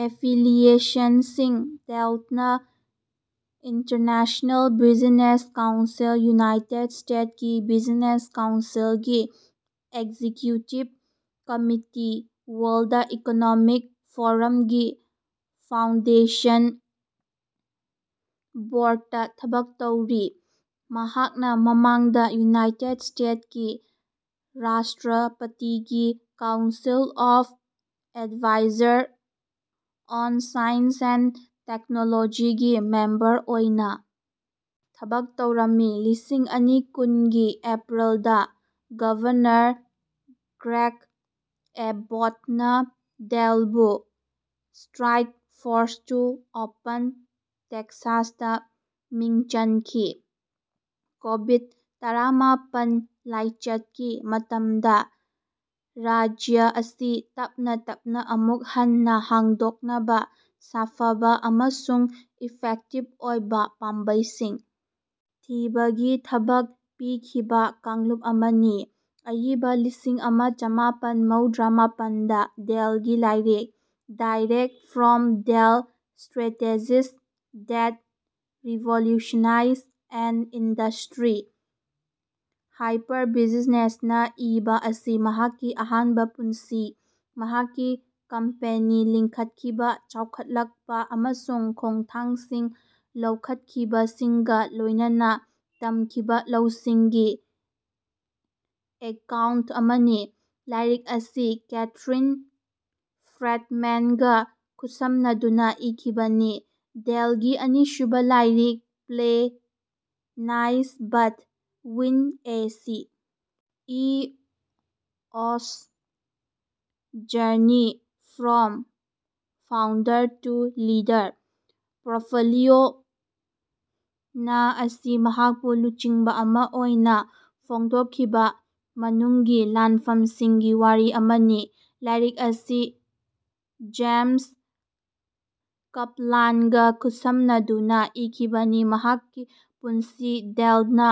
ꯑꯦꯐꯤꯂꯤꯌꯦꯁꯟꯁꯤꯡ ꯗꯦꯜꯅꯥ international business council United state ꯀꯤ business ꯀꯥꯎꯟꯁꯤꯜꯒꯤ ꯑꯦꯛꯖꯤꯀ꯭ꯌꯨꯇꯤꯕ ꯀꯝꯃꯤꯇꯤ ꯋꯥꯔꯜꯗ ꯏꯀꯣꯅꯣꯃꯤꯛ ꯐꯣꯔꯝꯒꯤ ꯐꯥꯎꯟꯗꯦꯁꯟ ꯕꯣꯔꯗꯇꯥ ꯊꯕꯛ ꯇꯧꯔꯤ꯫ ꯃꯍꯥꯛꯅꯥ ꯃꯃꯥꯡꯗꯥ ꯌꯨꯅꯥꯏꯇꯦꯠ ꯁ꯭ꯇꯦꯠꯀꯤ ꯔꯥꯁꯇ꯭ꯔꯄꯇꯤꯒꯤ council of advisers on science and ꯇꯦꯛꯅꯣꯂꯣꯖꯤꯒꯤ ꯃꯦꯝꯕꯔ ꯑꯣꯏꯅꯥ ꯊꯕꯛ ꯇꯧꯔꯝꯃꯤ꯫ ꯂꯤꯁꯤꯡ ꯑꯅꯤ ꯀꯨꯟꯒꯤ ꯑꯦꯄ꯭ꯔꯤꯜꯗꯥ ꯒꯚꯔꯅꯔ ꯒ꯭ꯔꯦꯒ ꯑꯦꯕꯣꯠꯅꯥ ꯗꯦꯜꯕꯨ ꯁ꯭ꯇꯔꯥꯏꯛ ꯐꯣꯔꯁ ꯇꯨ ꯑꯣꯄꯦꯟ ꯇꯦꯛꯁꯥꯁꯇꯥ ꯃꯤꯡ ꯆꯟꯈꯤ ꯀꯣꯕꯤꯗ ꯇꯔꯥꯃꯥꯄꯟ ꯂꯥꯏꯆꯠꯀꯤ ꯃꯇꯝꯗꯥ ꯔꯥꯖ꯭ꯌ ꯑꯁꯤ ꯇꯞꯅꯥ ꯇꯞꯅꯥ ꯑꯃꯨꯛ ꯍꯟꯅꯥ ꯍꯥꯡꯗꯣꯛꯅꯕꯥ ꯁꯥꯐꯕꯥ ꯑꯃꯁꯨꯡ ꯏꯐꯦꯛꯇꯤꯚ ꯑꯣꯏꯕꯥ ꯄꯥꯝꯕꯩꯁꯤꯡ ꯊꯤꯕꯒꯤ ꯊꯕꯛ ꯄꯤꯈꯤꯕꯥ ꯀꯥꯡꯂꯨꯞ ꯑꯃꯅꯤ꯫ ꯑꯏꯕ ꯂꯤꯁꯤꯡ ꯑꯃ ꯆꯃꯥꯄꯟ ꯃꯧꯗ꯭ꯔꯥ ꯃꯥꯄꯟꯗꯥ ꯗꯦꯜꯒꯤ ꯂꯥꯏꯔꯤꯛ direct from Dell strategies That Revolutionize an Industry ꯍꯥꯔꯄꯔꯕꯤꯖꯤꯅꯦꯁꯅꯥ ꯏꯕꯥ ꯑꯁꯤ ꯃꯍꯥꯛꯀꯤ ꯑꯍꯥꯟꯕꯥ ꯄꯨꯟꯁꯤ ꯃꯍꯥꯛꯀꯤ ꯀꯝꯄꯦꯅꯤ ꯂꯤꯡꯈꯠꯈꯤꯕꯥ ꯆꯥꯎꯈꯠꯂꯛꯄꯥ ꯑꯃꯁꯨꯡ ꯈꯣꯡꯊꯥꯡꯁꯤꯡ ꯂꯧꯈꯠꯈꯤꯕꯁꯤꯡꯒꯥ ꯂꯣꯏꯅꯅꯥ ꯇꯝꯈꯤꯕꯥ ꯂꯧꯁꯤꯡꯒꯤ ꯑꯦꯀꯥꯎꯟꯠ ꯑꯃꯅꯤ꯫ ꯂꯥꯏꯔꯤꯛ ꯑꯁꯤ ꯀꯦꯊꯔꯤꯟ ꯐ꯭ꯔꯦꯗꯃꯦꯟꯒꯥ ꯈꯨꯠꯁꯝꯅꯗꯨꯅꯥ ꯏꯈꯤꯕꯅꯤ꯫ ꯗꯦꯜꯒꯤ ꯑꯅꯤꯁꯨꯕꯥ ꯂꯥꯏꯔꯤꯛ play nice but win a C. E. O's Journey from Founder to Leader ꯄꯣꯔꯠꯐꯣꯂꯤꯑꯣꯅꯥ ꯑꯁꯤ ꯃꯍꯥꯛꯄꯨ ꯂꯨꯆꯤꯡꯕ ꯑꯃꯥ ꯑꯣꯏꯅꯥ ꯐꯣꯡꯗꯣꯛꯈꯤꯕꯥ ꯃꯅꯨꯡꯒꯤ ꯂꯥꯟꯐꯝꯁꯤꯡꯒꯤ ꯋꯥꯔꯤ ꯑꯃꯅꯤ꯫ ꯂꯥꯏꯔꯤꯛ ꯑꯁꯤ ꯖꯦꯝꯁ ꯀꯞꯂꯥꯟꯒꯥ ꯈꯨꯠꯁꯝꯅꯗꯨꯅꯥ ꯏꯈꯤꯕꯅꯤ꯫ ꯃꯍꯥꯛꯀꯤ ꯄꯨꯟꯁꯤ ꯗꯦꯜꯅꯥ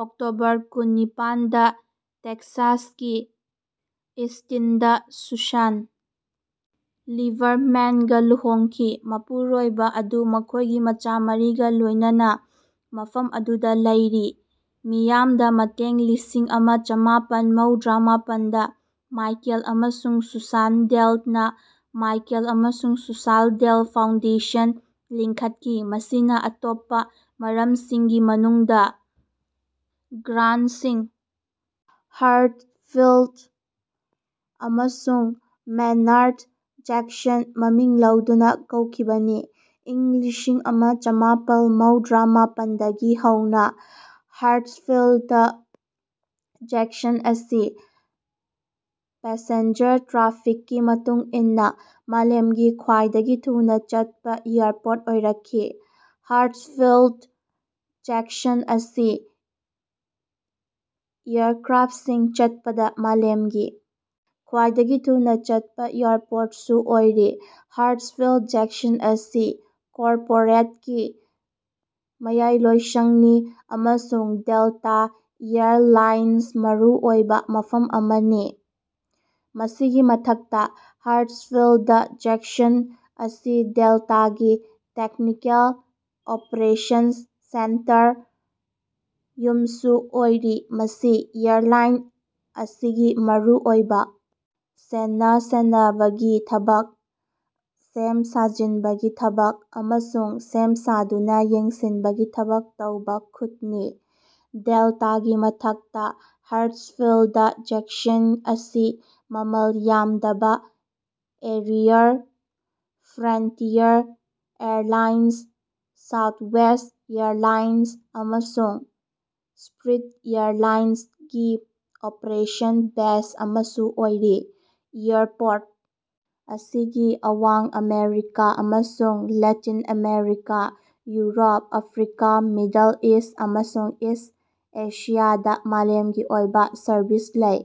ꯑꯣꯛꯇꯣꯕꯔ ꯀꯨꯟꯅꯤꯄꯥꯟ ꯗꯥ ꯇꯦꯛꯁꯥꯁꯀꯤ ꯑꯁꯇꯤꯟꯗꯥ ꯁꯨꯁꯥꯟ ꯂꯤꯕꯔꯃꯦꯟꯒꯥ ꯂꯨꯍꯣꯡꯈꯤ ꯃꯄꯨꯔꯣꯏꯕꯥ ꯑꯗꯨ ꯃꯈꯣꯏꯒꯤ ꯃꯆꯥ ꯃꯔꯤꯒꯥ ꯂꯣꯏꯅꯅꯥ ꯃꯐꯝ ꯑꯗꯨꯗꯥ ꯂꯩꯔꯤ꯫ ꯃꯤꯌꯥꯝꯗ ꯃꯇꯦꯡ ꯂꯤꯁꯤꯡ ꯑꯃ ꯆꯃꯥꯄꯟ ꯃꯧꯗ꯭ꯔꯥ ꯃꯥꯄꯟꯗꯥ ꯃꯥꯏꯀꯦꯜ ꯑꯃꯁꯨꯡ ꯁꯨꯁꯥꯟ ꯗꯦꯜꯅꯥ ꯃꯥꯏꯀꯦꯜ ꯑꯃꯁꯨꯡ ꯁꯨꯁꯥꯟ ꯗꯦꯜ ꯐꯥꯎꯟꯗꯦꯁꯟ ꯂꯤꯡꯈꯠꯈꯤ ꯃꯁꯤꯅꯥ ꯑꯇꯣꯞꯄꯥ ꯃꯔꯝꯁꯤꯡꯒꯤ ꯃꯅꯨꯡꯗꯥ ꯒ꯭ꯔꯥꯟꯁꯤꯡ ꯍꯥꯔ꯭ꯠꯁꯐꯤꯜꯗ ꯑꯃꯁꯨꯡ ꯃꯦꯅꯥꯔ꯭ꯗ ꯖꯦꯛꯁꯟ ꯃꯃꯤꯡ ꯂꯧꯗꯨꯅ ꯀꯧꯈꯤꯕꯅꯤ꯫ ꯏꯪ ꯂꯤꯁꯤꯡ ꯑꯃ ꯆꯃꯥꯄꯟ ꯃꯧꯗ꯭ꯔꯥ ꯃꯥꯄꯟꯗꯒꯤ ꯍꯧꯅ ꯍꯥꯔꯠꯁꯐꯤꯜꯗ ꯖꯦꯛꯁꯟ ꯑꯁꯤ ꯄꯦꯁꯦꯟꯖꯔ ꯇ꯭ꯔꯥꯐꯤꯛꯀꯤ ꯃꯇꯨꯡ ꯏꯟꯅ ꯃꯥꯂꯦꯝꯒꯤ ꯈ꯭ꯋꯥꯏꯗꯒꯤ ꯊꯨꯅ ꯆꯠꯄ ꯑꯦꯌꯔꯄꯣꯔ꯭ꯠ ꯑꯣꯏꯔꯛꯂꯤ꯫ ꯍꯥꯔꯠꯁꯐꯤꯜꯗ ꯖꯦꯛꯁꯟ ꯑꯁꯤ ꯑꯦꯌꯔꯀ꯭ꯔꯥꯐꯁꯤꯡ ꯆꯠꯄꯗ ꯃꯥꯂꯦꯝꯒꯤ ꯈ꯭ꯋꯥꯏꯗꯒꯤ ꯊꯨꯅ ꯆꯠꯄ ꯑꯦꯌꯔꯄꯣꯔ꯭ꯠꯁꯨ ꯑꯣꯏꯔꯤ꯫ ꯍꯥꯔꯠꯁꯐꯤꯜ ꯖꯦꯛꯁꯟ ꯑꯁꯤ ꯀꯣꯔꯄꯣꯔꯦꯠꯀꯤ ꯃꯌꯥꯏꯂꯣꯏꯁꯪꯅꯤ ꯑꯃꯁꯨꯡ ꯗꯦꯜꯇꯥ ꯑꯦꯌꯔ ꯂꯥꯏꯟꯁ ꯃꯔꯨꯑꯣꯏꯕ ꯃꯐꯝ ꯑꯃꯅꯤ꯫ ꯃꯁꯤꯒꯤ ꯃꯊꯛꯇ ꯍꯥꯔꯠꯁꯐꯤꯜꯗ ꯖꯦꯛꯁꯟ ꯑꯁꯤ ꯗꯦꯜꯇꯥꯒꯤ ꯇꯦꯛꯅꯤꯀꯦꯜ ꯑꯣꯄꯔꯦꯁꯟ ꯁꯦꯟꯇꯔ ꯌꯨꯝꯁꯨ ꯑꯣꯏꯔꯤ ꯃꯁꯤ ꯑꯦꯔꯂꯥꯏꯟ ꯑꯁꯤꯒꯤ ꯃꯔꯨ ꯑꯣꯏꯕ ꯁꯦꯟꯅ ꯁꯦꯟꯅꯕꯒꯤ ꯊꯕꯛ ꯁꯦꯝ ꯁꯥꯖꯤꯟꯕꯒꯤ ꯊꯕꯛ ꯑꯃꯁꯨꯡ ꯁꯦꯝ ꯁꯥꯗꯨꯅ ꯌꯦꯡꯁꯤꯟꯕꯒꯤ ꯊꯕꯛ ꯇꯧꯕ ꯈꯨꯠꯅꯤ꯫ ꯗꯦꯜꯇꯥꯒꯤ ꯃꯊꯛꯇ ꯍꯥꯔꯠꯁꯐꯤꯜꯗ ꯖꯦꯛꯁꯟ ꯑꯁꯤ ꯃꯃꯜ ꯌꯥꯝꯗꯕ carrier Frontier Airlines Southwest Airlines ꯑꯃꯁꯨꯡ ꯁ꯭ꯄꯤꯔꯠ ꯑꯦꯔꯂꯥꯏꯟꯒꯤ ꯑꯣꯄꯔꯦꯁꯟ ꯕꯦꯖ ꯑꯃꯁꯨ ꯑꯣꯏꯔꯤ꯫ ꯑꯦꯌꯔꯄꯣꯔ꯭ꯠ ꯑꯁꯤꯒꯤ ꯑꯋꯥꯡ ꯑꯃꯦꯔꯤꯀꯥ ꯑꯃꯁꯨꯡ Latin America Europe Africa Middle East ꯑꯃꯁꯨꯡ ꯏꯁꯠ ꯑꯦꯁꯤꯌꯥꯗ ꯃꯥꯂꯦꯝꯒꯤ ꯑꯣꯏꯕ ꯁꯔꯕꯤꯁ ꯂꯩ꯫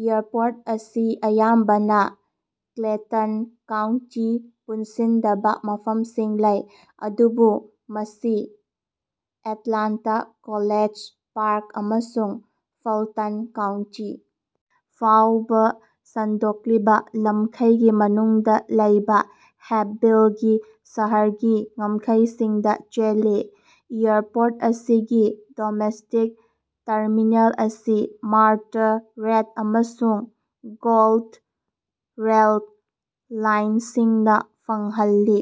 ꯑꯦꯌꯔꯄꯣꯔ꯭ꯠ ꯑꯁꯤ ꯑꯌꯥꯝꯕꯅ ꯀ꯭ꯂꯦꯇꯟ ꯀꯥꯎꯟꯇꯤ ꯄꯨꯟꯁꯤꯟꯗꯕ ꯃꯐꯝꯁꯤꯡ ꯂꯩ ꯑꯗꯨꯕꯨ ꯃꯁꯤ ꯑꯦꯠꯂꯥꯟꯇꯥ ꯀꯣꯂꯦꯖ ꯄꯥꯔꯛ ꯑꯃꯁꯨꯡ ꯐꯜꯇꯟ ꯀꯥꯎꯟꯇꯤ ꯐꯥꯎꯕ ꯁꯟꯗꯣꯛꯂꯤꯕ ꯂꯝꯈꯩꯒꯤ ꯃꯅꯨꯡꯗ ꯂꯩꯕ ꯍꯦꯞꯚꯤꯜꯒꯤ ꯁꯍꯔꯒꯤ ꯉꯝꯈꯩꯁꯤꯡꯗ ꯆꯦꯜꯂꯤ꯫ ꯑꯦꯌꯔꯄꯣꯔ꯭ꯠ ꯑꯁꯤꯒꯤ ꯗꯣꯃꯦꯁꯇꯤꯛ ꯇꯔꯃꯤꯅꯦꯜ ꯑꯁꯤ ꯃꯥꯔꯇꯥ ꯔꯦꯗ ꯑꯃꯁꯨꯡ ꯒꯣꯜꯗ ꯔꯦꯜ ꯂꯥꯏꯟꯁꯤꯡꯅ ꯐꯪꯍꯜꯂꯤ꯫